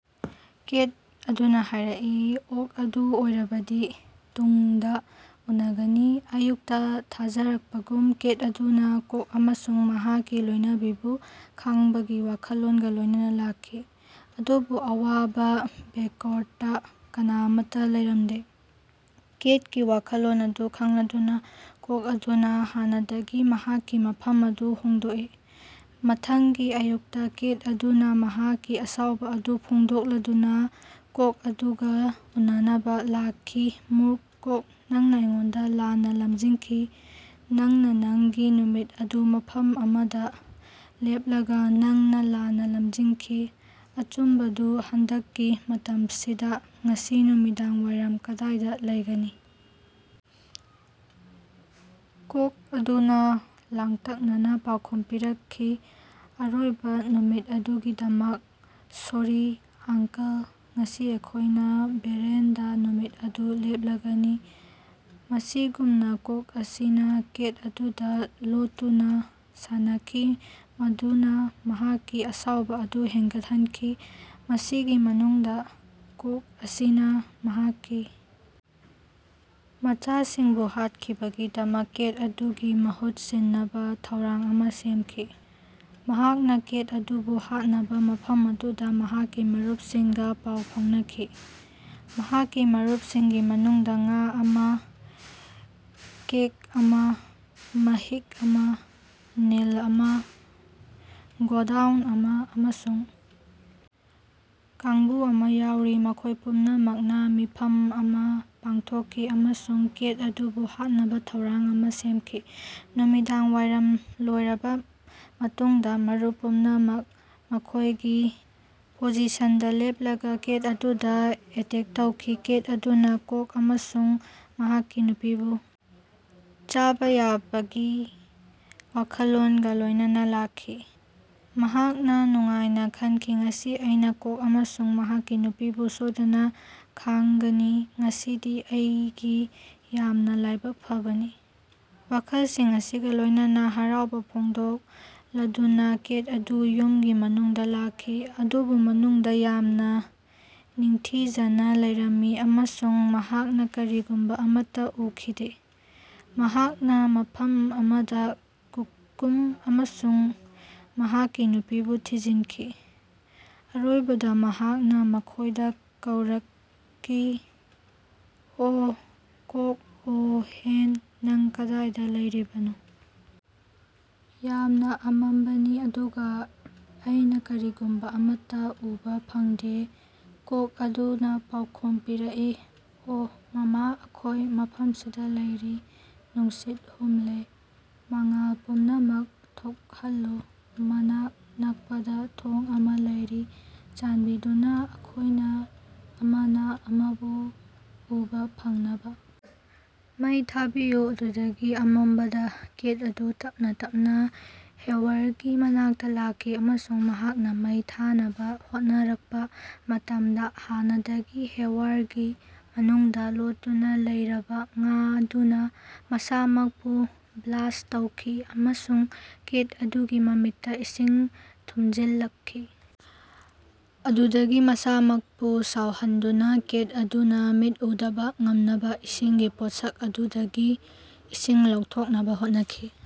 ꯀꯦꯠ ꯑꯗꯨꯅꯥ ꯍꯥꯏꯔꯛꯏ ꯑꯣꯛ ꯑꯗꯨ ꯑꯣꯏꯔꯕꯗꯤ ꯇꯨꯡꯗꯥ ꯎꯅꯒꯅꯤ꯫ ꯑꯌꯨꯛꯇꯥ ꯊꯥꯖꯔꯛꯄꯒꯨꯝ ꯀꯦꯠ ꯑꯗꯨꯅꯥ ꯀꯣꯛ ꯑꯃꯁꯨꯡ ꯃꯍꯥꯛꯀꯤ ꯂꯣꯏꯅꯕꯤꯕꯨ ꯈꯥꯡꯕꯒꯤ ꯋꯥꯈꯜꯂꯣꯟꯒꯥ ꯂꯣꯏꯅꯅꯥ ꯂꯥꯛꯈꯤ꯫ ꯑꯗꯨꯕꯨ ꯑꯋꯥꯕꯥ ꯕꯦꯀꯌꯥꯔꯗꯇꯥ ꯀꯅꯥ ꯑꯃꯠꯇꯥ ꯂꯩꯔꯝꯗꯦ꯫ ꯀꯦꯠꯀꯤ ꯋꯥꯈꯜꯂꯣꯟ ꯑꯗꯨ ꯈꯪꯂꯗꯨꯅꯥ ꯀꯣꯛ ꯑꯗꯨꯅꯥ ꯍꯥꯟꯅꯗꯒꯤ ꯃꯍꯥꯛꯀꯤ ꯃꯐꯝ ꯑꯗꯨ ꯍꯣꯡꯗꯣꯛꯏ꯫ ꯃꯊꯪꯒꯤ ꯑꯌꯨꯛꯇꯥ ꯀꯦꯠ ꯑꯗꯨꯅꯥ ꯃꯍꯥꯛꯀꯤ ꯑꯁꯥꯎꯕꯥ ꯑꯗꯨ ꯐꯣꯡꯗꯣꯛꯂꯗꯨꯅꯥ ꯀꯣꯛ ꯑꯗꯨꯒꯥ ꯎꯅꯅꯕꯥ ꯂꯥꯛꯈꯤ ꯃꯨꯔꯈ ꯀꯣꯛ ꯅꯪꯅꯥ ꯑꯩꯉꯣꯟꯗꯥ ꯂꯥꯟꯅꯥ ꯂꯝꯖꯤꯡꯈꯤ ꯅꯪꯅꯥ ꯅꯉꯒꯤ ꯅꯨꯃꯤꯠ ꯑꯗꯨ ꯃꯐꯝ ꯑꯃꯗꯥ ꯂꯦꯞꯂꯒꯥ ꯅꯪꯅꯥ ꯂꯥꯟꯅꯥ ꯂꯝꯖꯤꯡꯈꯤ꯫ ꯑꯆꯨꯝꯕꯗꯨ ꯍꯟꯗꯛꯀꯤ ꯃꯇꯝꯁꯤꯗꯥ ꯉꯁꯤ ꯅꯨꯃꯤꯗꯥꯡꯋꯥꯏꯔꯝ ꯀꯗꯥꯏꯗꯥ ꯂꯩꯒꯅꯤ? ꯀꯣꯛ ꯑꯗꯨꯅꯥ ꯂꯥꯡꯇꯛꯅꯅꯥ ꯄꯥꯎꯈꯨꯝ ꯄꯤꯔꯛꯈꯤ ꯑꯔꯣꯏꯕꯥ ꯅꯨꯃꯤꯠ ꯑꯗꯨꯒꯤꯗꯃꯛ ꯁꯣꯔꯤ ꯑꯥꯡꯀꯜ ꯉꯁꯤ ꯑꯩꯈꯣꯏꯅꯥ ꯚꯦꯔꯥꯟꯗꯥ ꯅꯨꯃꯤꯠ ꯑꯗꯨ ꯂꯦꯞꯂꯒꯅꯤ꯫ ꯃꯁꯤꯒꯨꯝꯅꯥ ꯀꯣꯛ ꯑꯁꯤꯅꯥ ꯀꯦꯠ ꯑꯗꯨꯗꯥ ꯂꯣꯠꯇꯨꯅꯥ ꯁꯥꯟꯅꯈꯤ ꯃꯗꯨꯅꯥ ꯃꯍꯥꯛꯀꯤ ꯑꯁꯥꯎꯕꯥ ꯑꯗꯨ ꯍꯦꯟꯒꯠꯍꯟꯈꯤ꯫ ꯃꯁꯤꯒꯤ ꯃꯅꯨꯡꯗꯥ ꯀꯣꯛ ꯑꯁꯤꯅꯥ ꯃꯍꯥꯛꯀꯤ ꯃꯆꯥꯁꯤꯡꯕꯨ ꯍꯥꯠꯈꯤꯕꯒꯤꯗꯃꯛ ꯀꯦꯠ ꯑꯗꯨꯒꯤ ꯃꯍꯨꯠ ꯁꯤꯟꯅꯕꯥ ꯊꯧꯔꯥꯡ ꯑꯃꯥ ꯁꯦꯝꯈꯤ꯫ ꯃꯍꯥꯛꯅꯥ ꯀꯦꯠ ꯑꯗꯨꯕꯨ ꯍꯥꯠꯅꯕꯥ ꯃꯐꯝ ꯑꯗꯨꯗꯥ ꯃꯍꯥꯛꯀꯤ ꯃꯔꯨꯞꯁꯤꯡꯒꯥ ꯄꯥꯎ ꯐꯥꯎꯅꯈꯤ꯫ ꯃꯍꯥꯛꯀꯤ ꯃꯔꯨꯞꯁꯤꯡꯒꯤ ꯃꯅꯨꯡꯗꯥ ꯉꯥ ꯑꯃꯥ ꯀꯦꯛ ꯑꯃꯥ ꯃꯍꯤꯛ ꯑꯃꯥ ꯅꯤꯜ ꯑꯃꯥ ꯒꯣꯗꯥꯎꯟ ꯑꯃꯥ ꯑꯃꯁꯨꯡ ꯀꯥꯡꯕꯨ ꯑꯃꯥ ꯌꯥꯎꯔꯤ꯫ ꯃꯈꯣꯏ ꯄꯨꯝꯅꯃꯛꯅꯥ ꯃꯤꯐꯝ ꯑꯃꯥ ꯄꯥꯡꯊꯣꯛꯈꯤ ꯑꯃꯁꯨꯡ ꯀꯦꯠ ꯑꯗꯨꯕꯨ ꯍꯥꯠꯅꯕꯥ ꯊꯧꯔꯥꯡ ꯑꯃꯥ ꯁꯦꯝꯈꯤ꯫ ꯅꯨꯃꯤꯗꯥꯡꯋꯥꯏꯔꯝ ꯂꯣꯏꯔꯕꯥ ꯃꯇꯨꯡꯗꯥ ꯃꯔꯨꯞ ꯄꯨꯝꯅꯃꯛ ꯃꯈꯣꯏꯒꯤ ꯄꯣꯖꯤꯁꯟꯗꯥ ꯂꯦꯞꯂꯒꯥ ꯀꯦꯠ ꯑꯗꯨꯗꯥ ꯑꯦꯇꯦꯛ ꯇꯧꯈꯤ꯫ ꯀꯦꯠ ꯑꯗꯨꯅꯥ ꯀꯣꯛ ꯑꯃꯁꯨꯡ ꯃꯍꯥꯛꯀꯤ ꯅꯨꯄꯤꯕꯨ ꯆꯥꯕꯥ ꯌꯥꯕꯒꯤ ꯋꯥꯈꯜꯂꯣꯟꯒꯥ ꯂꯣꯏꯅꯅꯥ ꯂꯥꯛꯈꯤ꯫ ꯃꯍꯥꯛꯅꯥ ꯅꯨꯡꯉꯥꯏꯅꯥ ꯈꯟꯈꯤ ꯉꯁꯤ ꯑꯩꯅꯥ ꯀꯣꯛ ꯑꯃꯁꯨꯡ ꯃꯍꯥꯛꯀꯤ ꯅꯨꯄꯤꯕꯨ ꯁꯣꯏꯗꯅꯥ ꯈꯥꯡꯒꯅꯤ ꯉꯁꯤꯗꯤ ꯑꯩꯒꯤ ꯌꯥꯝꯅꯥ ꯂꯥꯏꯕꯛ ꯐꯕꯅꯤ꯫ ꯋꯥꯈꯜꯁꯤꯡ ꯑꯁꯤꯒꯥ ꯂꯣꯏꯅꯅꯥ ꯍꯔꯥꯎꯕꯥ ꯐꯣꯡꯗꯣꯛꯂꯗꯨꯅꯥ ꯀꯦꯠ ꯑꯗꯨ ꯌꯨꯝꯒꯤ ꯃꯅꯨꯡꯗꯥ ꯂꯥꯛꯈꯤ꯫ ꯑꯗꯨꯕꯨ ꯃꯅꯨꯡꯗꯥ ꯌꯥꯝꯅꯥ ꯅꯤꯡꯊꯤꯖꯅꯥ ꯂꯩꯔꯝꯃꯤ ꯑꯃꯁꯨꯡ ꯃꯍꯥꯛꯅꯥ ꯀꯔꯤꯒꯨꯝꯕꯥ ꯑꯃꯠꯇꯥ ꯎꯈꯤꯗꯦ꯫ ꯃꯍꯥꯛꯅꯥ ꯃꯐꯝ ꯑꯃꯗꯥ ꯀꯨꯀꯨꯝ ꯑꯃꯁꯨꯡ ꯃꯍꯥꯛꯀꯤ ꯅꯨꯄꯤꯕꯨ ꯊꯤꯖꯤꯟꯈꯤ꯫ ꯑꯔꯣꯏꯕꯗꯥ ꯃꯍꯥꯛꯅꯥ ꯃꯈꯣꯏꯗꯥ ꯀꯧꯔꯀꯏ ꯑꯣ ꯀꯣꯛ ꯑꯣ ꯍꯦꯟ ꯅꯪ ꯀꯗꯥꯏꯗꯥ ꯂꯩꯔꯤꯕꯅꯣ? ꯌꯥꯝꯅꯥ ꯑꯃꯝꯕꯅꯤ ꯑꯗꯨꯒꯥ ꯑꯩꯅꯥ ꯀꯔꯤꯒꯨꯝꯕꯥ ꯑꯃꯠꯇꯥ ꯎꯕꯥ ꯐꯪꯗꯦ ꯀꯣꯛ ꯑꯗꯨꯅꯥ ꯄꯥꯎꯈꯨꯝ ꯄꯤꯔꯛꯏ ꯑꯣ ꯃꯥꯃꯥ ꯑꯩꯈꯣꯏ ꯃꯐꯝꯁꯤꯗꯥ ꯂꯩꯔꯤ ꯅꯨꯡꯁꯤꯠ ꯍꯨꯝꯂꯦ꯫ ꯃꯉꯥꯜ ꯄꯨꯝꯅꯃꯛ ꯊꯣꯛꯍꯜꯂꯨ ꯃꯅꯥꯛ ꯅꯛꯄꯗꯥ ꯊꯣꯡ ꯑꯃꯥ ꯂꯩꯔꯤ ꯆꯥꯟꯕꯤꯗꯨꯅꯥ ꯑꯩꯈꯣꯏꯅꯥ ꯑꯃꯅꯥ ꯑꯃꯕꯨ ꯎꯕꯥ ꯐꯪꯅꯕꯥ ꯃꯩ ꯊꯥꯕꯤꯌꯨ꯫ ꯑꯗꯨꯗꯒꯤ ꯑꯃꯝꯕꯗꯥ ꯀꯦꯠ ꯑꯗꯨ ꯇꯞꯅꯥ ꯇꯞꯅꯥ ꯍꯦꯌꯥꯔꯒꯤ ꯃꯅꯥꯛꯇꯥ ꯂꯥꯛꯈꯤ ꯑꯃꯁꯨꯡ ꯃꯍꯥꯛꯅꯥ ꯃꯩ ꯊꯥꯅꯕꯥ ꯍꯣꯠꯅꯔꯛꯄꯥ ꯃꯇꯝꯗꯥ ꯍꯥꯟꯅꯗꯒꯤ ꯍꯦꯌꯥꯔꯒꯤ ꯃꯅꯨꯡꯗꯥ ꯂꯣꯠꯇꯨꯅꯥ ꯂꯩꯔꯕꯥ ꯉꯥ ꯑꯗꯨꯅꯥ ꯃꯁꯥꯃꯛꯄꯨ ꯕ꯭ꯂꯥꯁ꯭ꯠ ꯇꯧꯈꯤ ꯑꯃꯁꯨꯡ ꯀꯦꯠ ꯑꯗꯨꯒꯤ ꯃꯃꯤꯠꯇꯥ ꯏꯁꯤꯡ ꯊꯨꯃꯖꯤꯜꯂꯛꯈꯤ꯫ ꯑꯗꯨꯗꯒꯤ ꯃꯁꯥꯃꯛꯄꯨ ꯁꯥꯎꯍꯟꯗꯨꯅꯥ ꯀꯦꯠ ꯑꯗꯨꯅꯥ ꯃꯤꯠ ꯎꯗꯕꯥ ꯉꯝꯅꯕꯥ ꯏꯁꯤꯡꯒꯤ ꯄꯣꯠꯁꯛ ꯑꯗꯨꯗꯒꯤ ꯏꯁꯤꯡ ꯂꯧꯊꯣꯛꯅꯕꯥ ꯍꯣꯠꯅꯈꯤ꯫